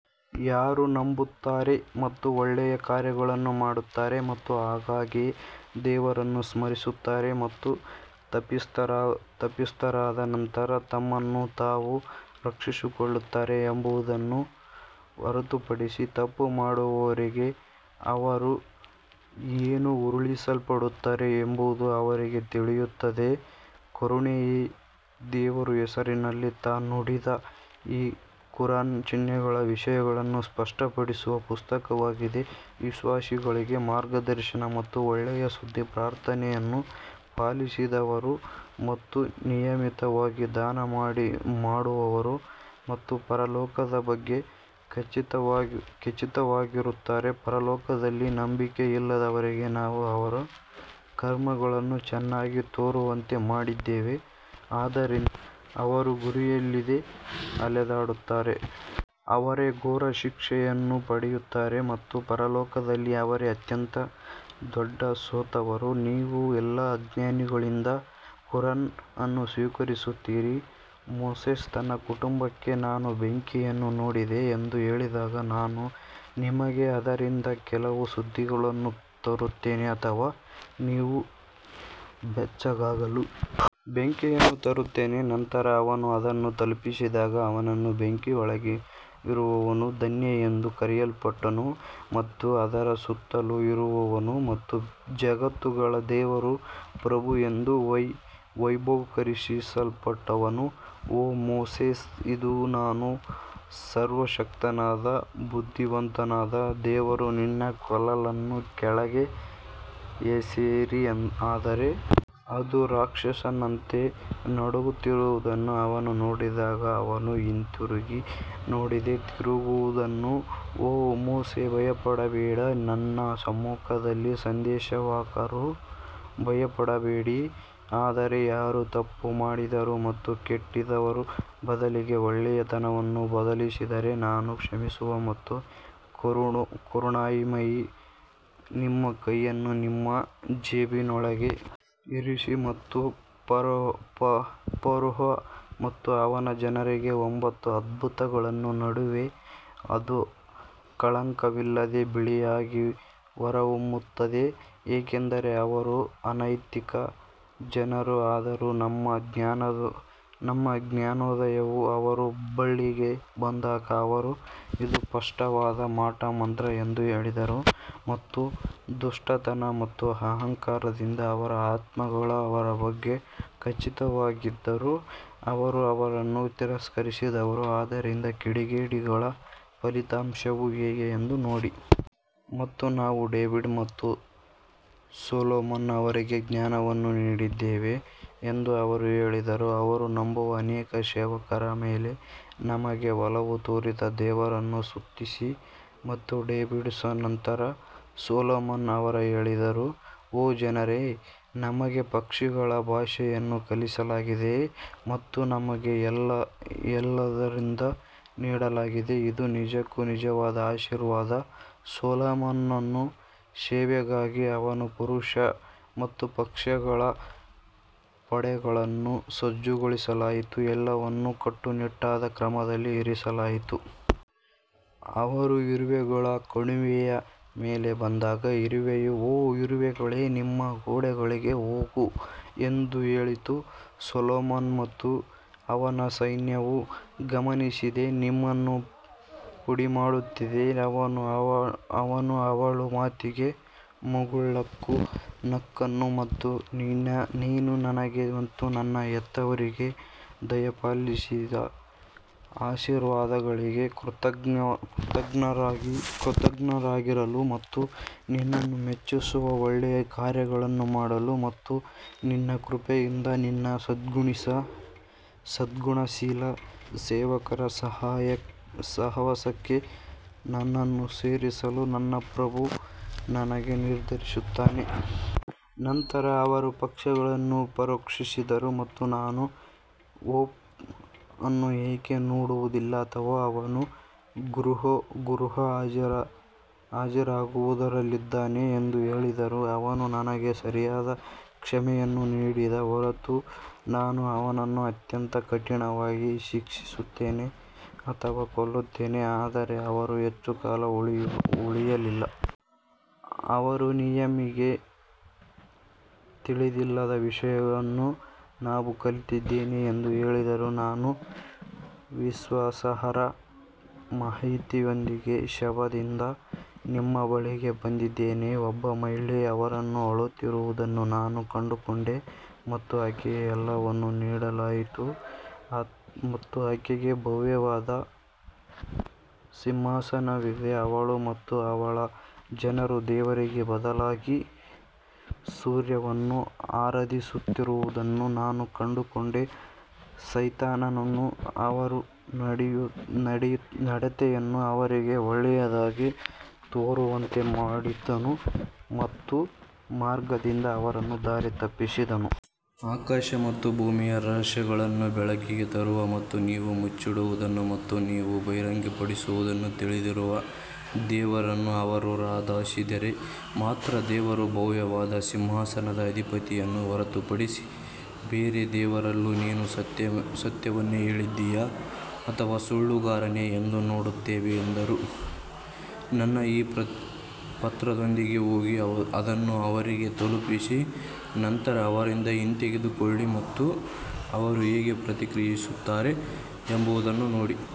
ಯಾರು ನಂಬುತ್ತಾರೆ ಮತ್ತು ಒಳ್ಳೆಯ ಕಾರ್ಯಗಳನ್ನು ಮಾಡುತ್ತಾರೆ ಮತ್ತು ಆಗಾಗ್ಗೆ ದೇವರನ್ನು ಸ್ಮರಿಸುತ್ತಾರೆ ಮತ್ತು ತಪ್ಪಿತಸ್ಥರಾದ ನಂತರ ತಮ್ಮನ್ನು ತಾವು ರಕ್ಷಿಸಿಕೊಳ್ಳುತ್ತಾರೆ ಎಂಬುದನ್ನು ಹೊರತುಪಡಿಸಿ, ತಪ್ಪು ಮಾಡುವವರಿಗೆ ಅವರು ಏನು ಉರುಳಿಸಲ್ಪಡುತ್ತಾರೆ ಎಂಬುದು ಅವರಿಗೆ ತಿಳಿಯುತ್ತದೆ. ಕರುಣಾಮಯಿ ದೇವರ ಹೆಸರಿನಲ್ಲಿ ತಾ ನೋಡಿದ ಇವು ಕುರಾನ್ನ ಚಿಹ್ನೆಗಳು ವಿಷಯಗಳನ್ನು ಸ್ಪಷ್ಟಪಡಿಸುವ ಪುಸ್ತಕವಾಗಿದೆ ವಿಶ್ವಾಸಿಗಳಿಗೆ ಮಾರ್ಗದರ್ಶನ ಮತ್ತು ಒಳ್ಳೆಯ ಸುದ್ದಿ ಪ್ರಾರ್ಥನೆಗಳನ್ನು ಪಾಲಿಸುವವರು ಮತ್ತು ನಿಯಮಿತವಾಗಿ ದಾನ ಮಾಡುವವರು ಮತ್ತು ಪರಲೋಕದ ಬಗ್ಗೆ ಖಚಿತವಾಗಿರುತ್ತಾರೆ ಪರಲೋಕದಲ್ಲಿ ನಂಬಿಕೆಯಿಲ್ಲದವರಿಗೆ ನಾವು ಅವರ ಕರ್ಮಗಳನ್ನು ಚೆನ್ನಾಗಿ ತೋರುವಂತೆ ಮಾಡಿದ್ದೇವೆ ಆದ್ದರಿಂದ ಅವರು ಗುರಿಯಿಲ್ಲದೆ ಅಲೆದಾಡುತ್ತಾರೆ. ಅವರೇ ಘೋರ ಶಿಕ್ಷೆಯನ್ನು ಪಡೆಯುತ್ತಾರೆ ಮತ್ತು ಪರಲೋಕದಲ್ಲಿ ಅವರೇ ಅತ್ಯಂತ ದೊಡ್ಡ ಸೋತವರು ನೀವು ಎಲ್ಲಾ ಜ್ಞಾನಿಗಳಿಂದ ಕುರಾನ್ ಅನ್ನು ಸ್ವೀಕರಿಸುತ್ತೀರಿ ಮೋಸೆಸ್ ತನ್ನ ಕುಟುಂಬಕ್ಕೆ ನಾನು ಬೆಂಕಿಯನ್ನು ನೋಡಿದೆ ಎಂದು ಹೇಳಿದಾಗ ನಾನು ನಿಮಗೆ ಅದರಿಂದ ಕೆಲವು ಸುದ್ದಿಗಳನ್ನು ತರುತ್ತೇನೆ ಅಥವಾ ನೀವು ಬೆಚ್ಚಗಾಗಲು ಬೆಂಕಿಯನ್ನು ತರುತ್ತೇನೆ ನಂತರ ಅವನು ಅದನ್ನು ತಲುಪಿದಾಗ ಅವನನ್ನು ಬೆಂಕಿಯೊಳಗಿರುವವನು ಧನ್ಯ ಎಂದು ಕರೆಯಲ್ಪಟ್ಟನು ಮತ್ತು ಅದರ ಸುತ್ತಲೂ ಇರುವವನು ಮತ್ತು ಜಗತ್ತುಗಳ ದೇವರ ಪ್ರಭು ಎಂದು ವೈಭವೀಕರಿಸಲ್ಪಟ್ಟವನು ಓ ಮೋಸೆಸ್ ಇದು ನಾನು ಸರ್ವಶಕ್ತನಾದ ಬುದ್ಧಿವಂತನಾದ ದೇವರು ನಿನ್ನ ಕೋಲನ್ನು ಕೆಳಗೆ ಎಸೆಯಿರಿ ಆದರೆ ಅದು ರಾಕ್ಷಸನಂತೆ ನಡುಗುತ್ತಿರುವುದನ್ನು ಅವನು ನೋಡಿದಾಗ ಅವನು ಹಿಂತಿರುಗಿ ನೋಡದೆ ತಿರುಗಿದನು ಓ ಮೋಶೆ ಭಯಪಡಬೇಡ ನನ್ನ ಸಮ್ಮುಖದಲ್ಲಿ ಸಂದೇಶವಾಹಕರು ಭಯಪಡಬೇಡಿ ಆದರೆ ಯಾರು ತಪ್ಪು ಮಾಡಿದರೂ ಮತ್ತು ಕೆಟ್ಟದ್ದರ ಬದಲಿಗೆ ಒಳ್ಳೆಯತನವನ್ನು ಬದಲಿಸಿದರೆ ನಾನು ಕ್ಷಮಿಸುವ ಮತ್ತು ಕರುಣಾಮಯಿ ನಿಮ್ಮ ಕೈಯನ್ನು ನಿಮ್ಮ ಜೇಬಿನೊಳಗೆ ಇರಿಸಿ ಮತ್ತು ಫರೋಹ ಮತ್ತು ಅವನ ಜನರಿಗೆ ಒಂಬತ್ತು ಅದ್ಭುತಗಳ ನಡುವೆ ಅದು ಕಳಂಕವಿಲ್ಲದೆ ಬಿಳಿಯಾಗಿ ಹೊರಹೊಮ್ಮುತ್ತದೆ ಏಕೆಂದರೆ ಅವರು ಅನೈತಿಕ ಜನರು ಆದರೂ ನಮ್ಮ ಜ್ಞಾನೋದಯವು ಅವರ ಬಳಿಗೆ ಬಂದಾಗ ಅವರು ಇದು ಸ್ಪಷ್ಟವಾದ ಮಾಟಮಂತ್ರ ಎಂದು ಹೇಳಿದರು ಮತ್ತು ದುಷ್ಟತನ ಮತ್ತು ಅಹಂಕಾರದಿಂದ ಅವರ ಆತ್ಮಗಳು ಅವರ ಬಗ್ಗೆ ಖಚಿತವಾಗಿದ್ದರೂ ಅವರು ಅವರನ್ನು ತಿರಸ್ಕರಿಸಿದರು, ಆದ್ದರಿಂದ ಕಿಡಿಗೇಡಿಗಳ ಫಲಿತಾಂಶವು ಹೇಗೆ ಎಂದು ನೋಡಿ. ಮತ್ತು ನಾವು ಡೇವಿಡ್ ಮತ್ತು ಸೊಲೊಮನ್ ಅವರಿಗೆ ಜ್ಞಾನವನ್ನು ನೀಡಿದ್ದೇವೆ ಎಂದು ಅವರು ಹೇಳಿದರು, ಅವರ ನಂಬುವ ಅನೇಕ ಸೇವಕರ ಮೇಲೆ ನಮಗೆ ಒಲವು ತೋರಿದ ದೇವರನ್ನು ಸ್ತುತಿಸಿ ಮತ್ತು ಡೇವಿಡ್ ನಂತರ ಸೊಲೊಮನ್ ಅವರು ಹೇಳಿದರು ಓ ಜನರೇ ನಮಗೆ ಪಕ್ಷಿಗಳ ಭಾಷೆಯನ್ನು ಕಲಿಸಲಾಗಿದೆ ಮತ್ತು ನಮಗೆ ಎಲ್ಲದರಿಂದ ನೀಡಲಾಗಿದೆ ಇದು ನಿಜಕ್ಕೂ ನಿಜವಾದ ಆಶೀರ್ವಾದ ಸೊಲೊಮೋನನ ಸೇವೆಗಾಗಿ ಅವನ ಪುರುಷ ಮತ್ತು ಪಕ್ಷಿಗಳ ಪಡೆಗಳನ್ನು ಸಜ್ಜುಗೊಳಿಸಲಾಯಿತು, ಎಲ್ಲವನ್ನೂ ಕಟ್ಟುನಿಟ್ಟಾದ ಕ್ರಮದಲ್ಲಿ ಇರಿಸಲಾಯಿತು. ಅವರು ಇರುವೆಗಳ ಕಣಿವೆಯ ಮೇಲೆ ಬಂದಾಗ ಇರುವೆಯು ಓ ಇರುವೆಗಳು ನಿಮ್ಮ ಗೂಡುಗಳಿಗೆ ಹೋಗು ಎಂದು ಹೇಳಿತು, ಸೊಲೊಮನ್ ಮತ್ತು ಅವನ ಸೈನ್ಯವು ಗಮನಿಸದೆ ನಿಮ್ಮನ್ನು ಪುಡಿಮಾಡುತ್ತದೆ. ಅವನು ಅವಳ ಮಾತಿಗೆ ಮುಗುಳ್ನಕ್ಕು ನಕ್ಕನು ಮತ್ತು ನೀನು ನನಗೆ ಮತ್ತು ನನ್ನ ಹೆತ್ತವರಿಗೆ ದಯಪಾಲಿಸಿದ ಆಶೀರ್ವಾದಗಳಿಗೆ ಕೃತಜ್ಞನಾಗಿರಲು ಮತ್ತು ನಿನ್ನನ್ನು ಮೆಚ್ಚಿಸುವ ಒಳ್ಳೆಯ ಕಾರ್ಯಗಳನ್ನು ಮಾಡಲು ಮತ್ತು ನಿನ್ನ ಕೃಪೆಯಿಂದ ನಿನ್ನ ಸದ್ಗುಣಶೀಲ ಸೇವಕರ ಸಹವಾಸಕ್ಕೆ ನನ್ನನ್ನು ಸೇರಿಸಲು ನನ್ನ ಪ್ರಭು ನನಗೆ ನಿರ್ದೇಶಿಸುತ್ತಾನೆ. ನಂತರ ಅವರು ಪಕ್ಷಿಗಳನ್ನು ಪರೀಕ್ಷಿಸಿದರು ಮತ್ತು ನಾನು ಹೂಪೋ ಅನ್ನು ಏಕೆ ನೋಡುವುದಿಲ್ಲ ಅಥವಾ ಅವನು ಗೈರುಹಾಜರಾದವರಲ್ಲಿದ್ದಾನೆ ಎಂದು ಹೇಳಿದರು. ಅವನು ನನಗೆ ಸರಿಯಾದ ಕ್ಷಮೆಯನ್ನು ನೀಡದ ಹೊರತು ನಾನು ಅವನನ್ನು ಅತ್ಯಂತ ಕಠಿಣವಾಗಿ ಶಿಕ್ಷಿಸುತ್ತೇನೆ ಅಥವಾ ಕೊಲ್ಲುತ್ತೇನೆ ಆದರೆ ಅವರು ಹೆಚ್ಚು ಕಾಲ ಉಳಿಯಲಿಲ್ಲ ಅವರು ನಿಮಗೆ ತಿಳಿದಿಲ್ಲದ ವಿಷಯವನ್ನು ನಾನು ಕಲಿತಿದ್ದೇನೆ ಎಂದು ಹೇಳಿದರು ನಾನು ವಿಶ್ವಾಸಾರ್ಹ ಮಾಹಿತಿಯೊಂದಿಗೆ ಶೆಬಾದಿಂದ ನಿಮ್ಮ ಬಳಿಗೆ ಬಂದಿದ್ದೇನೆ ಒಬ್ಬ ಮಹಿಳೆ ಅವರನ್ನು ಆಳುತ್ತಿರುವುದನ್ನು ನಾನು ಕಂಡುಕೊಂಡೆ ಮತ್ತು ಆಕೆಗೆ ಎಲ್ಲವನ್ನೂ ನೀಡಲಾಯಿತು ಮತ್ತು ಆಕೆಗೆ ಭವ್ಯವಾದ ಸಿಂಹಾಸನವಿದೆ ಅವಳು ಮತ್ತು ಅವಳ ಜನರು ದೇವರಿಗೆ ಬದಲಾಗಿ ಸೂರ್ಯನನ್ನು ಆರಾಧಿಸುತ್ತಿರುವುದನ್ನು ನಾನು ಕಂಡುಕೊಂಡೆ ಸೈತಾನನು ಅವರ ನಡತೆಯನ್ನು ಅವರಿಗೆ ಒಳ್ಳೆಯದಾಗಿ ತೋರುವಂತೆ ಮಾಡಿದನು ಮತ್ತು ಮಾರ್ಗದಿಂದ ಅವರನ್ನು ದಾರಿ ತಪ್ಪಿಸಿದನು. ಆಕಾಶ ಮತ್ತು ಭೂಮಿಯ ರಹಸ್ಯಗಳನ್ನು ಬೆಳಕಿಗೆ ತರುವ ಮತ್ತು ನೀವು ಮುಚ್ಚಿಡುವುದನ್ನು ಮತ್ತು ನೀವು ಬಹಿರಂಗಪಡಿಸುವದನ್ನು ತಿಳಿದಿರುವ ದೇವರನ್ನು ಅವರು ಆರಾಧಿಸಿದರೆ ಮಾತ್ರ ದೇವರು ಭವ್ಯವಾದ ಸಿಂಹಾಸನದ ಅಧಿಪತಿಯನ್ನು ಹೊರತುಪಡಿಸಿ ಬೇರೆ ದೇವರಿಲ್ಲ ನೀನು ಸತ್ಯವನ್ನೇ ಹೇಳಿದ್ದೀಯಾ ಅಥವಾ ಸುಳ್ಳುಗಾರನೇ ಎಂದು ನೋಡುತ್ತೇವೆ ಎಂದರು ನನ್ನ ಈ ಪತ್ರದೊಂದಿಗೆ ಹೋಗಿ ಅದನ್ನು ಅವರಿಗೆ ತಲುಪಿಸಿ ನಂತರ ಅವರಿಂದ ಹಿಂತೆಗೆದುಕೊಳ್ಳಿ ಮತ್ತು ಅವರು ಹೇಗೆ ಪ್ರತಿಕ್ರಿಯಿಸುತ್ತಾರೆ ಎಂಬುದನ್ನು ನೋಡಿ.